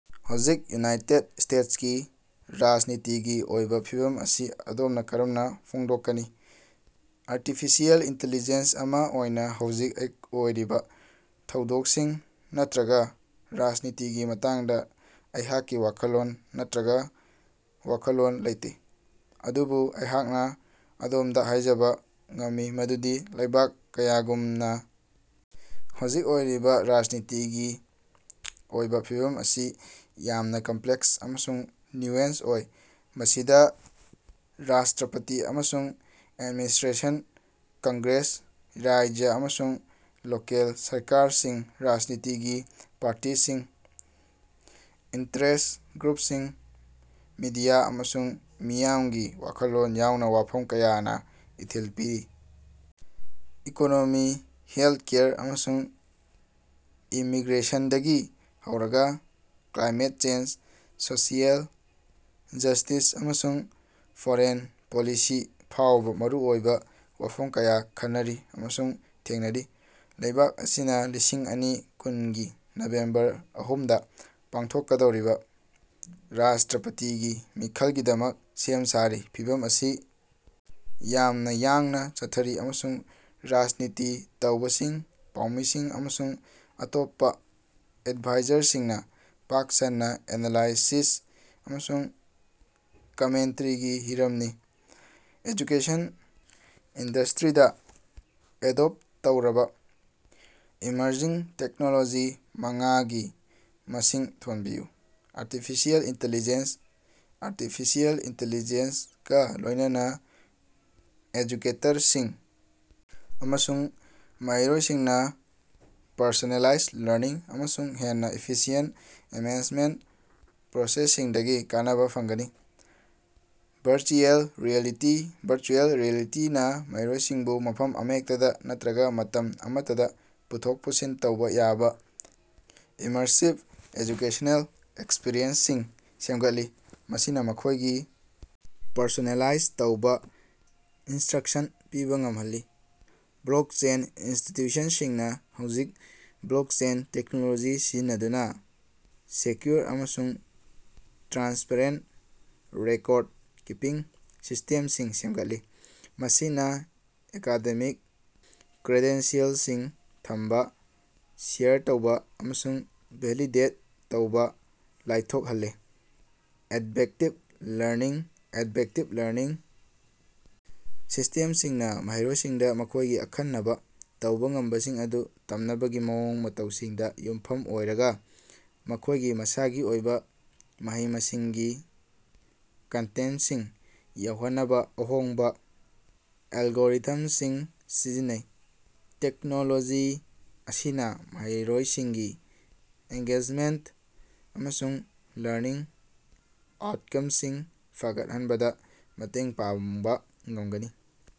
ꯍꯧꯖꯤꯛ ꯌꯨꯅꯥꯏꯇꯦꯗ ꯁ꯭ꯇꯦꯇꯁꯀꯤ ꯔꯥꯖꯅꯤꯇꯤꯒꯤ ꯑꯣꯏꯕ ꯐꯤꯚꯝ ꯑꯁꯤ ꯑꯗꯣꯝꯅ ꯀꯔꯝꯅ ꯐꯣꯡꯗꯣꯛꯀꯅꯤ? ꯑꯥꯔꯇꯤꯐꯤꯁꯤꯑꯦꯜ ꯏꯟꯇꯤꯂꯤꯖꯦꯟꯁ ꯑꯃ ꯑꯣꯏꯅ ꯍꯧꯖꯤꯛ ꯑꯣꯏꯔꯤꯕ ꯊꯧꯗꯣꯛꯁꯤꯡ ꯅꯠꯇꯔꯒ ꯔꯥꯖꯅꯤꯇꯤꯒꯤ ꯃꯇꯥꯡꯗ ꯑꯩꯍꯥꯛꯀꯤ ꯋꯥꯈꯜꯂꯣꯟ ꯅꯠꯇꯔꯒ‌ ꯋꯥꯈꯜꯂꯣꯟ ꯂꯩꯇꯦ꯫ ꯑꯗꯨꯕꯨ ꯑꯩꯍꯥꯛꯅ ꯑꯗꯣꯝꯗ ꯍꯥꯏꯖꯕꯥ ꯉꯝꯃꯤ ꯃꯗꯨꯗꯤ ꯂꯩꯕꯥꯛ ꯀꯌꯥꯒꯨꯝꯅ ꯍꯧꯖꯤꯛ ꯑꯣꯏꯔꯤꯕ ꯔꯥꯖꯅꯤꯇꯤꯒꯤ ꯑꯣꯏꯕ ꯐꯤꯚꯝ ꯑꯁꯤ ꯌꯥꯝꯅ ꯀꯝꯄ꯭ꯂꯦꯛꯁ ꯑꯃꯁꯨꯡ ꯅ꯭ꯌꯨꯑꯦꯟꯁ ꯑꯣꯏ꯫ ꯃꯁꯤꯗ ꯔꯥꯁꯇ꯭ꯔꯄꯥꯇꯤ ꯑꯃꯁꯨꯡ ꯑꯦꯗꯃꯤꯅꯤꯁꯇ꯭ꯔꯦꯁꯟ, ꯀꯪꯒ꯭ꯔꯦꯁ, ꯔꯥꯖ꯭ꯌ ꯑꯃꯁꯨꯡ ꯂꯣꯀꯦꯜ ꯁꯔꯀꯥꯔꯁꯤꯡ, ꯔꯥꯖꯅꯤꯇꯤꯒꯤ ꯄꯥꯔꯇꯤꯁꯤꯡ, ꯏꯟꯇꯔꯦꯁ꯭ꯠ ꯒ꯭ꯔꯨꯞꯁꯤꯡ, ꯃꯤꯗꯤꯌꯥ, ꯑꯃꯁꯨꯡ ꯃꯤꯌꯥꯝꯒꯤ ꯋꯥꯈꯜꯂꯣꯟ ꯌꯥꯎꯅ ꯋꯥꯐꯝ ꯀꯌꯥꯅ ꯏꯊꯤꯜ ꯄꯤꯔꯤ꯫ ꯏꯀꯣꯅꯣꯃꯤ, ꯍꯦꯜꯊꯀꯦꯌꯔ, ꯑꯃꯁꯨꯡ ꯏꯃꯤꯒ꯭ꯔꯦꯁꯟꯗꯒꯤ ꯍꯧꯔꯒꯥ ꯀ꯭ꯂꯥꯏꯃꯦꯠ ꯆꯦꯟꯖ, ꯁꯣꯁꯤꯑꯦꯜ ꯖ꯭ꯁꯇꯤꯁ, ꯑꯃꯁꯨꯡ ꯐꯣꯔꯦꯟ ꯄꯣꯂꯤꯁꯤ ꯐꯥꯎꯕ ꯃꯔꯨꯑꯣꯏꯕ ꯋꯥꯐꯝ ꯀꯌꯥ ꯈꯟꯅꯔꯤ ꯑꯃꯁꯨꯡ ꯊꯦꯡꯅꯔꯤ꯫ ꯂꯩꯕꯥꯛ ꯑꯁꯤꯅ ꯂꯤꯁꯤꯡ ꯑꯅꯤ ꯀꯨꯟꯒꯤ ꯅꯕꯦꯝꯕꯔ ꯑꯍꯨꯝꯗꯥ ꯄꯥꯡꯊꯣꯛꯀꯗꯧꯔꯤꯕ ꯔꯥꯁꯇ꯭ꯔꯄꯥꯇꯤꯒꯤ ꯃꯤꯈꯜꯒꯤꯗꯃꯛ ꯁꯦꯝ ꯁꯥꯔꯤ, ꯐꯤꯚꯝ ꯑꯁꯤ ꯌꯥꯝꯅ ꯌꯥꯡꯅ ꯆꯠꯊꯔꯤ ꯑꯃꯁꯨꯡ ꯔꯥꯖꯅꯤꯇꯤ ꯇꯧꯕꯁꯤꯡ, ꯄꯥꯎꯃꯤꯁꯤꯡ, ꯑꯃꯁꯨꯡ ꯑꯇꯣꯞꯄ ꯑꯣꯕꯖꯥꯔꯚꯔꯁꯤꯡꯅ ꯄꯥꯛ ꯁꯟꯅꯥ ꯑꯦꯅꯥꯂꯥꯏꯁꯤꯁ ꯑꯃꯁꯨꯡ ꯀꯃꯦꯟꯇꯔꯤꯒꯤ ꯍꯤꯔꯝꯅꯤ꯫ ꯑꯦꯖꯨꯀꯦꯁꯟ ꯏꯟꯗꯁꯇ꯭ꯔꯤꯗ ꯑꯦꯗꯣꯞꯇ ꯇꯧꯔꯕꯥ ꯏꯃꯔꯖꯤꯡ ꯇꯦꯛꯅꯣꯂꯣꯖꯤ ꯃꯉꯥꯒꯤ ꯃꯃꯤꯡ ꯊꯣꯟꯕꯤꯌꯨ꯫ ꯑꯥꯔꯇꯤꯐꯤꯁꯤꯑꯦꯜ ꯏꯟꯇꯦꯂꯤꯖꯦꯟꯁ - ꯑꯥꯔꯇꯤꯐꯤꯁꯤꯑꯦꯜ ꯏꯟꯇꯤꯂꯤꯖꯦꯟꯁ ꯀꯥ ꯂꯣꯏꯅꯅꯥ ꯑꯦꯖꯨꯀꯦꯇꯔꯁꯤꯡ ꯑꯃꯁꯨꯡ ꯃꯍꯩꯔꯣꯏꯁꯤꯡꯅ ꯄꯔꯁꯣꯅꯦꯂꯥꯏꯖ ꯂꯔꯅꯤꯡ ꯑꯃꯁꯨꯡ ꯍꯦꯟꯅ ꯏꯐꯤꯁꯤꯌꯦꯟꯇ ꯑꯦꯁꯦꯁꯃꯦꯟꯇ ꯄ꯭ꯔꯣꯁꯦꯁꯁꯤꯡꯗꯒꯤ ꯀꯥꯟꯅꯕꯥ ꯐꯪꯒꯅꯤ꯫ ꯚꯔꯆꯨꯑꯦꯜ ꯔꯤꯑꯦꯂꯤꯇꯤ - ꯚꯔꯆꯨꯑꯦꯜ ꯔꯤꯑꯦꯂꯤꯇꯤ ꯅꯥ ꯃꯍꯩꯔꯣꯏꯁꯤꯡꯕꯨ ꯃꯐꯝ ꯑꯃꯍꯦꯛꯇꯗꯥ ꯅꯠꯇꯔꯒ ꯃꯇꯝ ꯑꯃꯠꯇꯗꯥ ꯄꯨꯊꯣꯛ ꯄꯨꯁꯤꯟ ꯇꯧꯕ ꯌꯥꯕ ꯏꯃꯔꯁꯤꯕ ꯑꯦꯖꯨꯀꯦꯁꯅꯦꯜ ꯑꯦꯛꯁꯄꯤꯔꯤꯑꯦꯟꯁꯁꯤꯡ ꯁꯦꯝꯒꯠꯂꯤ, ꯃꯁꯤꯅ ꯃꯈꯣꯏꯒꯤ ꯄꯔꯁꯣꯅꯦꯂꯥꯏꯖ ꯇꯧꯔꯕ ꯏꯟꯁꯇ꯭ꯔꯛꯁꯟ ꯄꯤꯕ ꯉꯝꯍꯜꯂꯤ꯫ ꯕ꯭ꯂꯣꯛꯆꯦꯟ - ꯏꯟꯁꯇꯤꯇ꯭ꯌꯨꯁꯟꯁꯤꯡꯅ ꯍꯧꯖꯤꯛ ꯕ꯭ꯂꯣꯛꯆꯦꯟ ꯇꯦꯛꯅꯣꯂꯣꯖꯤ ꯁꯤꯖꯤꯟꯅꯗꯨꯅ ꯁꯦꯀ꯭ꯌꯨꯔ ꯑꯃꯁꯨꯡ ꯇ꯭ꯔꯥꯟꯁꯄꯔꯦꯟꯇ ꯔꯦꯀꯣꯔꯗ-ꯀꯤꯄꯤꯡ ꯁꯤꯁꯇꯦꯝꯁꯤꯡ ꯁꯦꯝꯒꯠꯂꯤ, ꯃꯁꯤꯅ ꯑꯦꯀꯥꯗꯦꯃꯤꯛ ꯀ꯭ꯔꯦꯗꯦꯟꯁꯤꯑꯦꯜꯁꯤꯡ ꯊꯝꯕ, ꯁꯦꯌꯔ ꯇꯧꯕ ꯑꯃꯁꯨꯡ ꯚꯦꯂꯤꯗꯦꯠ ꯇꯧꯕꯗ ꯂꯥꯏꯊꯣꯛꯍꯜꯂꯦ꯫ ꯑꯦꯗꯕꯦꯛꯇꯤꯕ ꯂꯔꯅꯤꯡ - ꯑꯦꯗꯕꯦꯛꯇꯤꯕ ꯂꯔꯅꯤꯡ ꯁꯤꯁꯇꯦꯝꯁꯤꯡꯅ ꯃꯍꯩꯔꯣꯏꯁꯤꯡꯗ ꯃꯈꯣꯏꯒꯤ ꯑꯈꯟꯅꯕꯥ ꯇꯧꯕ ꯉꯝꯕꯁꯤꯡ ꯑꯃꯁꯨꯡ ꯇꯝꯅꯕꯒꯤ ꯃꯑꯣꯡ ꯃꯇꯧꯁꯤꯡꯗ ꯌꯨꯝꯐꯝ ꯑꯣꯏꯔꯒ, ꯃꯈꯣꯏꯒꯤ ꯃꯁꯥꯒꯤ ꯑꯣꯏꯕ ꯃꯍꯩ-ꯃꯁꯤꯡꯒꯤ ꯀꯟꯇꯦꯟꯇꯁꯤꯡ ꯌꯧꯍꯟꯅꯕꯥ ꯑꯍꯣꯡꯕ ꯑꯦꯜꯒꯣꯔꯤꯊꯝꯁꯤꯡ ꯁꯤꯖꯤꯟꯅꯩ꯫ ꯇꯦꯛꯅꯣꯂꯣꯖꯤ ꯑꯁꯤꯅ ꯃꯍꯩꯔꯣꯏꯁꯤꯡꯒꯤ ꯑꯦꯡꯒꯦꯖꯃꯦꯟꯇ ꯑꯃꯁꯨꯡ ꯂꯔꯅꯤꯡ ꯑꯥꯎꯠꯀꯝꯁꯤꯡ ꯐꯒꯠꯍꯟꯕꯗ ꯃꯇꯦꯡ ꯄꯥꯡꯕ ꯉꯝꯒꯅꯤ꯫